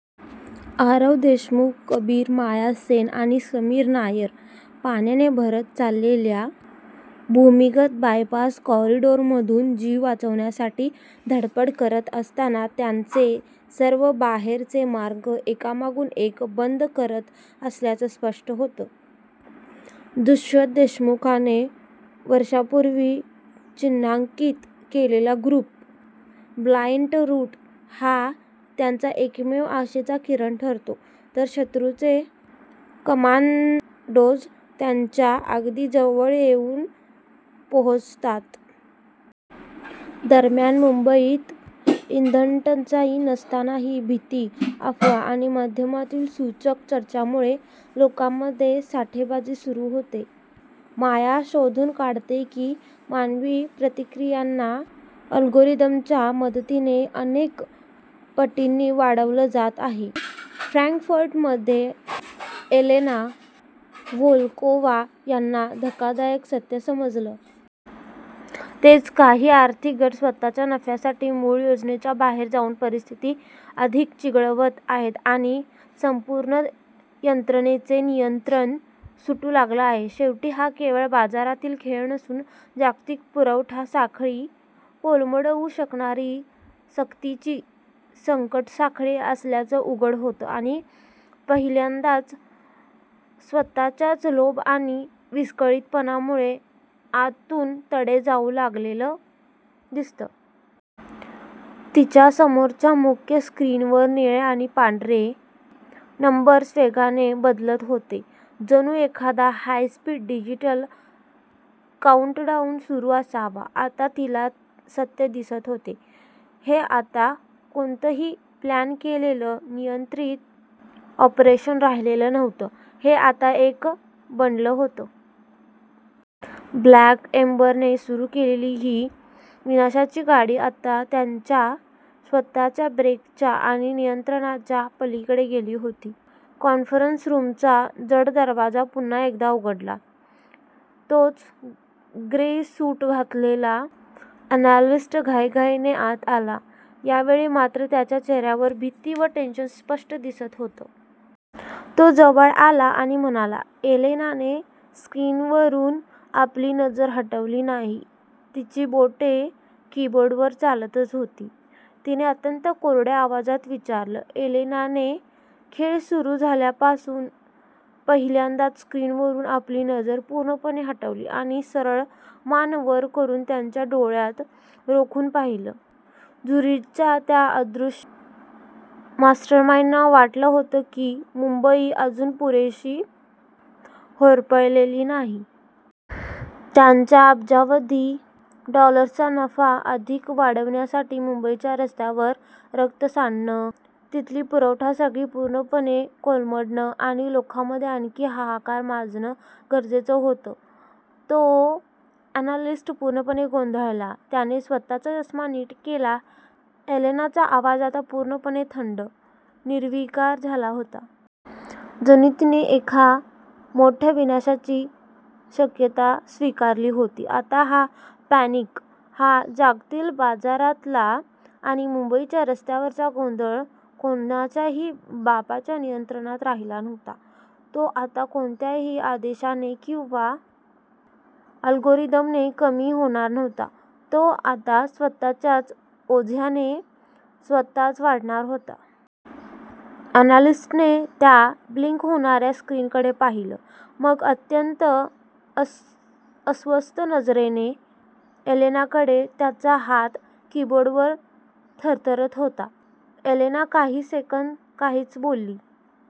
आरव देशमुख, कबीर, माया सेन आणि समीर नायर पाण्याने भरत चाललेल्या भूमिगत बायपास कॉरिडॉरमधून जीव वाचवण्यासाठी धडपड करत असताना त्यांचे सर्व बाहेरचे मार्ग एकामागून एक बंद करत असल्याचं स्पष्ट होतं. दुष्यंत देशमुखने वर्षांपूर्वी चिन्हांकित केलेला गुप्त "ब्लाइंड रूट" हा त्यांचा एकमेव आशेचा किरण ठरतो, तर शत्रूचे कमांडोज त्यांच्या अगदी जवळ येऊन पोहोचतात. दरम्यान मुंबईत इंधनटंचाई नसतानाही भीती, अफवा आणि माध्यमांतील सूचक चर्चांमुळे लोकांमध्ये साठेबाजी सुरू होते. माया शोधून काढते की मानवी प्रतिक्रियांना अल्गोरिदमच्या मदतीने अनेक पटींनी वाढवलं जात आहे. फ्रँकफर्टमध्ये एलेना व्होल्कोव्हा यांना धक्कादायक सत्य समजतं. तेच काही आर्थिक गट स्वतःच्या नफ्यासाठी मूळ योजनेच्या बाहेर जाऊन परिस्थिती अधिक चिघळवत आहेत आणि संपूर्ण यंत्रणेचं नियंत्रण सुटू लागलं आहे. शेवटी हा केवळ बाजारातील खेळ नसून जागतिक पुरवठा साखळी कोलमडवू शकणारी सक्तीची संकटसाखळी असल्याचं उघड होतं आणि पहिल्यांदाच स्वतःच्याच लोभ आणि विस्कळीतपणामुळे आतून तडे जाऊ लागलेलं दिसतं. तिच्या समोरच्या मुख्य स्क्रीनवर निळे आणि पांढरे नंबर्स वेगाने बदलत होते, जणू एखादा हाय-स्पीड डिजिटल काउंटडाऊन सुरू असावा. आता तिला सत्य दिसत होतं. हे आता कोणतंही प्लॅन केलेलं, नियंत्रित ऑपरेशन राहिलेलं नव्हतं. हे आता एक बनलं होतं. 'ब्लॅक एम्बर'ने सुरू केलेली ही विनाशाची गाडी आता त्यांच्या स्वतःच्या ब्रेकच्या आणि नियंत्रणाच्या पलीकडे गेली होती. कॉन्फरन्स रूमचा जड दरवाजा पुन्हा एकदा उघडला. तोच ग्रे सूट घातलेला अनॅलिस्ट घाईघाईने आत आला. यावेळी मात्र त्याच्या चेहऱ्यावर भीती व टेन्शन स्पष्ट दिसत होतं. तो जवळ आला आणि म्हणाला, "एलेनाने स्क्रीनवरून आपली नजर हटवली नाही, तिची बोटे कीबोर्डवर चालतच होती. तिने अत्यंत कोरड्या आवाजात विचारलं," एलेनाने खेळ सुरू झाल्यापासून पहिल्यांदाच स्क्रीनवरून आपली नजर पूर्णपणे हटवली आणि सरळ मान वर करून त्याच्या डोळ्यांत रोखून पाहिलं, झुरिचच्या त्या अदृश्य मास्टरमाइंड्सना वाटत होतं की, मुंबई अजून पुरेशी होरपळलेली नाही. त्यांचा अब्जावधी डॉलर्सचा नफा अधिक वाढवण्यासाठी मुंबईच्या रस्त्यांवर रक्त सांडणं, तिथली पुरवठा साखळी पूर्णपणे कोलमडणं आणि लोकांमध्ये आणखी हाहाकार माजणं गरजेचं होतं. तो अनॅलिस्ट पूर्णपणे गोंधळला. त्याने स्वतःचा चष्मा नीट केला, एलेनाचा आवाज आता पूर्णपणे थंड, निर्विकार झाला होता. जणू तिने एका मोठ्या विनाशाची शक्यता स्वीकारली होती. आता हा पॅनिक, हा जागतिक बाजारातला आणि मुंबईच्या रस्त्यांवरचा गोंधळ कोणाच्याही बापाच्या नियंत्रणात राहिला नव्हता. तो आता कोणत्याही आदेशाने किंवा अल्गोरिदमने कमी होणार नव्हता. तो आता स्वतःच्याच ओझ्याने, स्वतःच वाढणार होता. अनॅलिस्टने त्या ब्लिंक होणाऱ्या स्क्रीनकडे पाहिलं, मग अत्यंत अस्वस्थ नजरेने एलेनाकडे. त्याचा हात कीबोर्डवर थरथरत होता. एलेना काही सेकंद काहीच बोलली